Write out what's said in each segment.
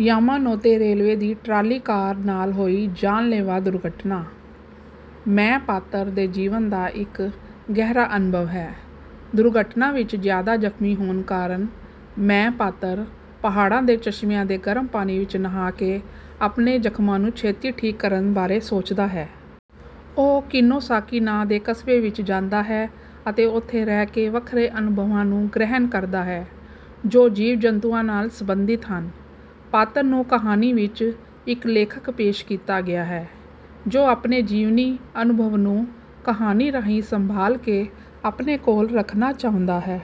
Yamanote railway ਦੀ trolley car ਨਾਲ ਹੋਈ ਜਾਨਲੇਵਾ ਦੁਰਘਟਨਾ" ਮੈਂ" ਪਾਤਰ ਦੇ ਜੀਵਨ ਦਾ ਇੱਕ ਗਹਿਰਾ ਅਨੁਭਵ ਹੈ। ਦੁਰਘਟਨਾ ਵਿੱਚ ਜ਼ਿਆਦਾ ਜ਼ਖਮੀ ਹੋਣ ਕਾਰਨ ਮੈਂ ਪਾਤਰ ਪਹਾੜਾਂ ਦੇ ਚਸ਼ਮਿਆਂ ਦੇ ਗਰਮ ਪਾਣੀ ਵਿੱਚ ਨਹਾ ਕੇ ਆਪਣੇ ਜ਼ਖਮਾਂ ਨੂੰ ਛੇਤੀ ਠੀਕ ਕਰਨ ਬਾਰੇ ਸੋਚਦਾ ਹੈ। ਉਹ ਕਿਨੋਸਾਕੀ ਨਾਂ ਦੇ ਕਸਬੇ ਵਿੱਚ ਜਾਂਦਾ ਹੈ ਅਤੇ ਉੱਥੇ ਰਹਿ ਕੇ ਵੱਖਰੇ ਅਨੁਭਵਾਂ ਨੂੰ ਗ੍ਰਹਿਣ ਕਰਦਾ ਹੈ ਜੋ ਜੀਵ-ਜੰਤੂਆਂ ਨਾਲ ਸਬੰਧਿਤ ਸਨ। ਪਾਤਰ ਨੂੰ ਕਹਾਣੀ ਵਿੱਚ ਇੱਕ ਲੇਖਕ ਪੇਸ਼ ਕੀਤਾ ਗਿਆ ਹੈ ਜੋ ਆਪਣੇ ਜੀਵਨੀ ਅਨੁਭਵ ਨੂੰ ਕਹਾਣੀ ਰਾਹੀਂ ਸੰਭਾਲ ਕੇ ਆਪਣੇ ਕੋਲ ਰੱਖਣਾ ਚਾਹੁੰਦਾ ਹੈ।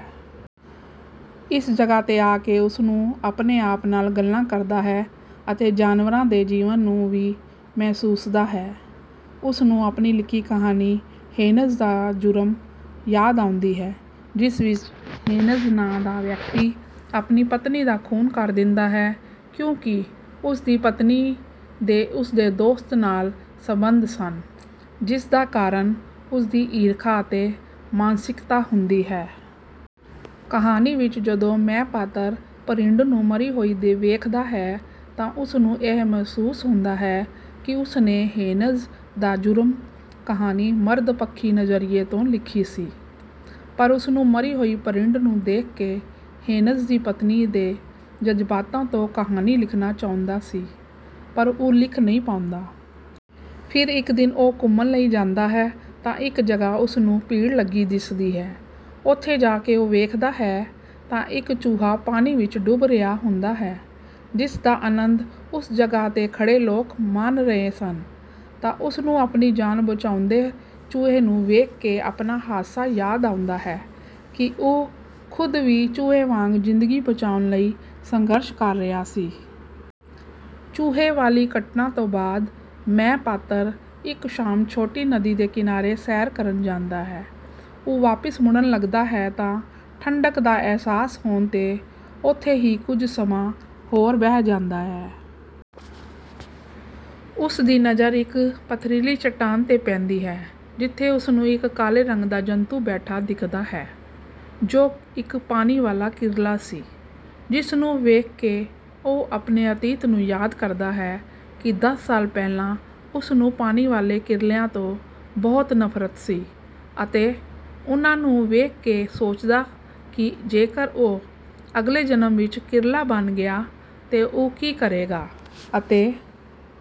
ਇਸ ਜਗ੍ਹਾ ਤੇ ਆ ਕੇ ਉਸਨੂੰ ਆਪਣੇ ਆਪ ਨਾਲ ਗੱਲਾਂ ਕਰਦਾ ਹੈ ਅਤੇ ਜਾਨਵਰਾਂ ਦੇ ਜੀਵਨ ਨੂੰ ਵੀ ਮਹਿਸੁਸਦਾ ਹੈ। ਉਸਨੂੰ ਆਪਣੀ ਲਿਖੀ ਕਹਾਣੀ "ਹੇਨਜ਼ ਦਾ ਜੁਰਮ" ਯਾਦ ਆਉਂਦੀ ਹੈ, ਜਿਸ ਵਿੱਚ ਹੇਨਜ਼ ਨਾਂ ਦਾ ਵਿਅਕਤੀ ਆਪਣੀ ਪਤਨੀ ਦਾ ਖੂਨ ਕਰ ਦਿੰਦਾ ਹੈ ਕਿਉਂਕਿ ਉਸ ਦੀ ਪਤਨੀ ਦੇ ਉਸ ਦੇ ਦੋਸਤ ਨਾਲ ਸਬੰਧ ਸਨ ਜਿਸਦਾ ਕਾਰਨ ਉਹਦੀ ਈਰਖਾ ਅਤੇ ਮਾਨਸਿਕਤਾ ਹੁੰਦੀ ਹੈ। ਕਹਾਣੀ ਵਿੱਚ ਜਦੋਂ "ਮੈਂ" ਪਾਤਰ ਭਰਿੰਡ ਨੂੰ ਮਰੀ ਹੋਈ ਵੇਖਦਾ ਹੈ ਤਾਂ ਉਸਨੂੰ ਇਹ ਮਹਿਸੂਸ ਹੁੰਦਾ ਹੈ ਕਿ ਉਸਨੇ "ਹੇਨਜ਼ ਦਾ ਜੁਰਮ" ਕਹਾਣੀ ਮਰਦ ਪੱਖੀ ਨਜ਼ਰੀਏ ਤੋਂ ਲਿਖੀ ਸੀ। ਪਰ ਉਸਨੂੰ ਮਰੀ ਹੋਈ ਭਰਿੰਡ ਨੂੰ ਦੇਖ ਕੇ ਹੇਨਜ਼ ਦੀ ਪਤਨੀ ਦੇ ਜਜ਼ਬਾਤਾਂ ਤੋਂ ਕਹਾਣੀ ਲਿਖਣਾ ਚਾਹੁੰਦਾ ਸੀ ਪਰ ਉਹ ਲਿਖ ਨਹੀਂ ਪਾਉਂਦਾ। ਫਿਰ ਇੱਕ ਦਿਨ ਉਹ ਘੁੰਮਣ ਲਈ ਜਾਂਦਾ ਹੈ ਤਾਂ ਇੱਕ ਜਗ੍ਹਾ ਉਸਨੂੰ ਭੀੜ ਲੱਗੀ ਦਿਸਦੀ ਹੈ। ਉੱਥੇ ਜਾ ਕੇ ਉਹ ਵੇਖਦਾ ਹੈ ਤਾਂ ਇੱਕ ਚੂਹਾ ਪਾਣੀ ਵਿੱਚ ਡੁੱਬ ਰਿਹਾ ਹੁੰਦਾ ਹੈ ਜਿਸਦਾ ਅਨੰਦ ਉਸ ਜਗ੍ਹਾ ਤੇ ਖੜੇ ਲੋਕ ਮਾਣ ਰਹੇ ਸਨ ਤਾਂ ਉਸਨੂੰ ਆਪਣੀ ਜਾਨ ਬਚਾਉਂਦੇ ਚੂਹੇ ਨੂੰ ਵੇਖ ਕੇ ਆਪਣਾ ਹਾਦਸਾ ਯਾਦ ਆਉਂਦਾ ਹੈ ਕਿ ਉਹ ਖ਼ੁਦ ਵੀ ਚੂਹੇ ਵਾਂਗ ਜ਼ਿੰਦਗੀ ਬਚਾਉਣ ਲਈ ਸੰਘਰਸ਼ ਕਰ ਰਿਹਾ ਸੀ। ਚੂਹੇ ਵਾਲੀ ਘਟਨਾ ਤੋਂ ਬਾਅਦ "ਮੈਂ" ਪਾਤਰ ਇੱਕ ਸ਼ਾਮ ਛੋਟੀ ਨਦੀ ਦੇ ਕਿਨਾਰੇ ਸੈਰ ਕਰਨ ਜਾਂਦਾ ਹੈ। ਉਹ ਵਾਪਿਸ ਮੁੜਨ ਲੱਗਦਾ ਹੈ ਤਾਂ ਠੰਡਕ ਦਾ ਅਹਿਸਾਸ ਹੋਣ ਤੇ ਉੱਥੇ ਹੀ ਕੁਝ ਸਮਾਂ ਹੋਰ ਬਹਿ ਜਾਂਦਾ ਹੈ। ਉਸ ਦੀ ਨਜ਼ਰ ਇੱਕ ਪਥਰੀਲੀ ਚੱਟਾਨ ਤੇ ਪੈਂਦੀ ਹੈ ਜਿਥੇ ਉਸਨੂੰ ਇੱਕ ਕਾਲੇ ਰੰਗ ਦਾ ਜੰਤੁ ਬੈਠਾ ਦਿਖਦਾ ਹੈ ਜੋ ਇੱਕ ਪਾਣੀ ਵਾਲਾ ਕਿਰਲਾ ਸੀ। ਜਿਸ ਨੂੰ ਵੇਖ ਕੇ ਉਹ ਆਪਣੇ ਅਤੀਤ ਨੂੰ ਯਾਦ ਕਰਦਾ ਹੈ ਕਿ ਦਸ ਸਾਲ ਪਹਿਲਾਂ ਉਸਨੂੰ ਪਾਣੀ ਵਾਲੇ ਕਿਰਲਿਆਂ ਤੋਂ ਬਹੁਤ ਨਫ਼ਰਤ ਸੀ ਅਤੇ ਉਹਨਾਂ ਨੂੰ ਵੇਖ ਕੇ ਸੋਚਦਾ ਕਿ ਜੇਕਰ ਉਹ ਅਗਲੇ ਜਨਮ ਵਿੱਚ ਕਿਰਲਾ ਬਣ ਗਿਆ ਤੇ ਉਹ ਕਿ ਕਰੇਗਾ? ਅਤੇ